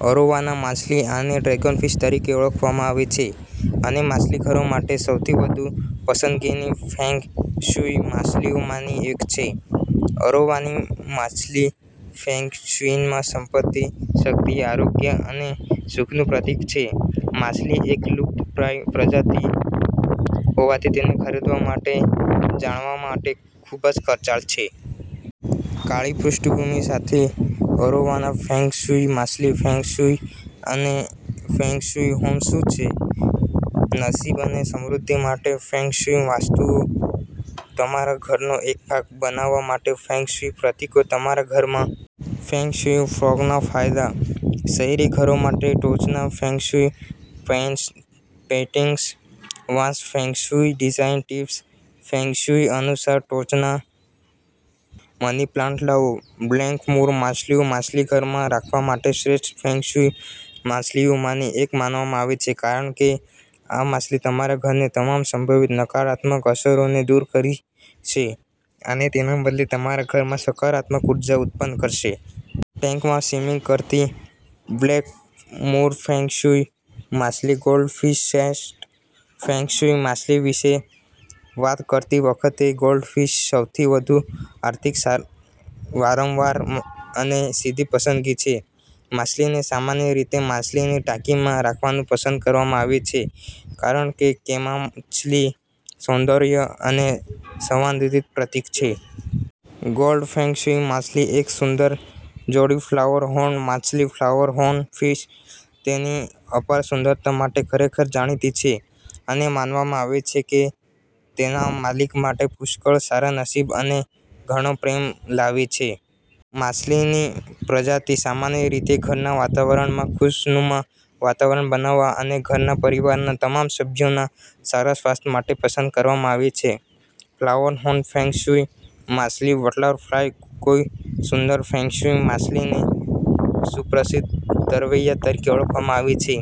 Arowana માછલી આને dragon fish તરીકે પણ ઓળખવામાં આવે છે અને માછલીઘરો માટે સૌથી વધુ પસંદગીની ફેંગ શુઇ માછલીઓમાંની એક છે. અરોવાના માછલી ફેંગ શુઇમાં સંપત્તિ, શક્તિ, આરોગ્ય અને સુખનું પ્રતીક છે. માછલી એક લુપ્તપ્રાય પ્રજાતિ હોવાથી તેને ખરીદવા અને જાળવવા માટે ખૂબ ખર્ચાળ છે. કાળી પૃષ્ઠભૂમિ સાથે અરોવાના ફેંગ શુઇ માછલી ફેંગ શુઇ અને ફેંગ શુઇ હોમ શું છે, નસીબ અને સમૃદ્ધિ માટે ફેંગ શુઇ વસ્તુઓ, તમારા ઘરનો એક ભાગ બનાવવા માટે ફેંગ શુઇ પ્રતીકો, તમારા ઘરમાં ફેંગશુઈ ફ્રોગના ફાયદા, શહેરી ઘરો માટે ટોચના ફેંગ શુઇ પેઇન્ટિંગ્સ, વાંસ feng shui design tips, feng shui અનુસાર ટોચના મની પ્લાન્ટ લાવો, બ્લેક મૂર માછલી માછલીઘરમાં રાખવા માટે શ્રેષ્ઠ ફેંગ શુઇ માછલીઓમાંની એક માનવામાં આવે છે કારણ કે આ માછલી તમારા ઘરની તમામ સંભવિત નકારાત્મક અસરોને દૂર કરશે અને તેના બદલે તમારા ઘરમાં સકારાત્મક ઉર્જા ઉત્પન્ન કરશે. ટેન્કમાં સ્વિમિંગ કરતી બ્લેક મૂર ફેંગ શુઇ માછલીગોલ્ડ ફિશ શ્રેષ્ઠ ફેંગ શુઇ માછલી વિશે વાત કરતી વખતે, ગોલ્ડફિશસૌથી વધુ આર્થિક, વારંવાર અને સીધી પસંદગી છે. માછલીને સામાન્ય રીતે માછલીની ટાંકીમાં રાખવાનું પસંદ કરવામાં આવે છે કારણ કેમાછલી સૌંદર્ય અને સંવાદિતાનું પ્રતીક છે. ગોલ્ડ ફેંગ શુઇ માછલીની એક સુંદર જોડીફ્લાવર હોર્ન માછલી ફ્લાવર હોર્ન ફિશ તેની અપાર સુંદરતા માટે ખરેખર જાણીતી છે અને માનવામાં આવે છે કે તે તેના માલિક માટે પુષ્કળ સારા નસીબ અને ઘણો પ્રેમ લાવે છે. માછલીનીપ્રજાતિ સામાન્ય રીતે ઘરના વાતાવરણમાં ખુશનુમા વાતાવરણ બનાવવા અને ઘરના પરિવારના તમામ સભ્યોના સારા સ્વાસ્થ્ય માટે પસંદ કરવામાં આવે છે. ફ્લાવર હોર્ન ફેંગ શુઇ માછલીબટરફ્લાય કોઈસુંદર ફેંગ શુઇ માછલીને સુપ્રસિદ્ધ તરવૈયા તરીકે ઓળખવામાં આવે છે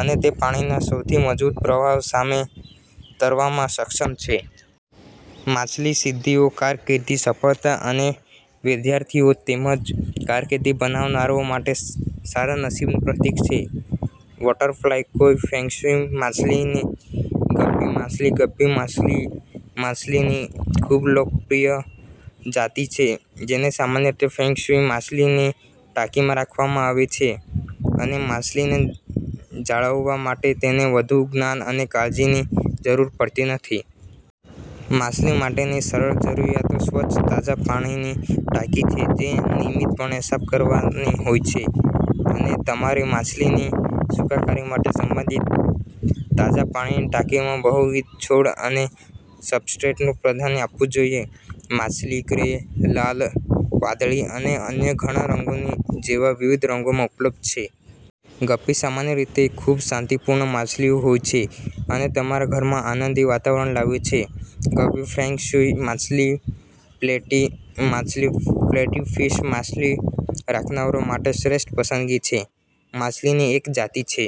અને તે પાણીના સૌથી મજબૂત પ્રવાહો સામે તરવામાં સક્ષમ છે. માછલી સિદ્ધિઓ, કારકિર્દીની સફળતા અને વિદ્યાર્થીઓ તેમજ કારકિર્દી બનાવનારાઓ માટે સારા નસીબનું પ્રતીક છે. બટરફ્લાય કોઈ ફેંગ શુઇ માછલીગપ્પી માછલી ગપ્પી માછલીમાછલીની ખૂબલોકપ્રિય જાતિ છે જેને સામાન્ય રીતે ફેંગ શુઇ માછલીની ટાંકીમાં રાખવામાં આવે છે, અનેમાછલીને જાળવવા માટે તેને વધુ જ્ઞાન અને કાળજીની જરૂર પડતી નથી. માછલી માટેની સરળ જરૂરિયાતો સ્વચ્છ તાજા પાણીની ટાંકી છે જે નિયમિતપણે સાફ કરવાની હોય છે, અને તમારેમાછલીની સુખાકારી માટે સંબંધિત તાજા પાણીની ટાંકીમાં બહુવિધ છોડ અને સબસ્ટ્રેટને પ્રાધાન્ય આપવું જોઈએ. માછલી ગ્રે, લાલ, વાદળી અને અન્ય ઘણા રંગો જેવા વિવિધ રંગોમાં ઉપલબ્ધ છે. ગપ્પી સામાન્ય રીતે ખૂબશાંતિપૂર્ણ માછલીઓ હોય છે અને તમારા ઘરમાં આનંદી વાતાવરણ લાવે છે. ગપ્પી ફેંગ શુઇ માછલીપ્લેટી માછલી પ્લેટી ફિશ માછલી રાખનારાઓ માટે શ્રેષ્ઠ પસંદગી છે. માછલીની એક જાતિ છે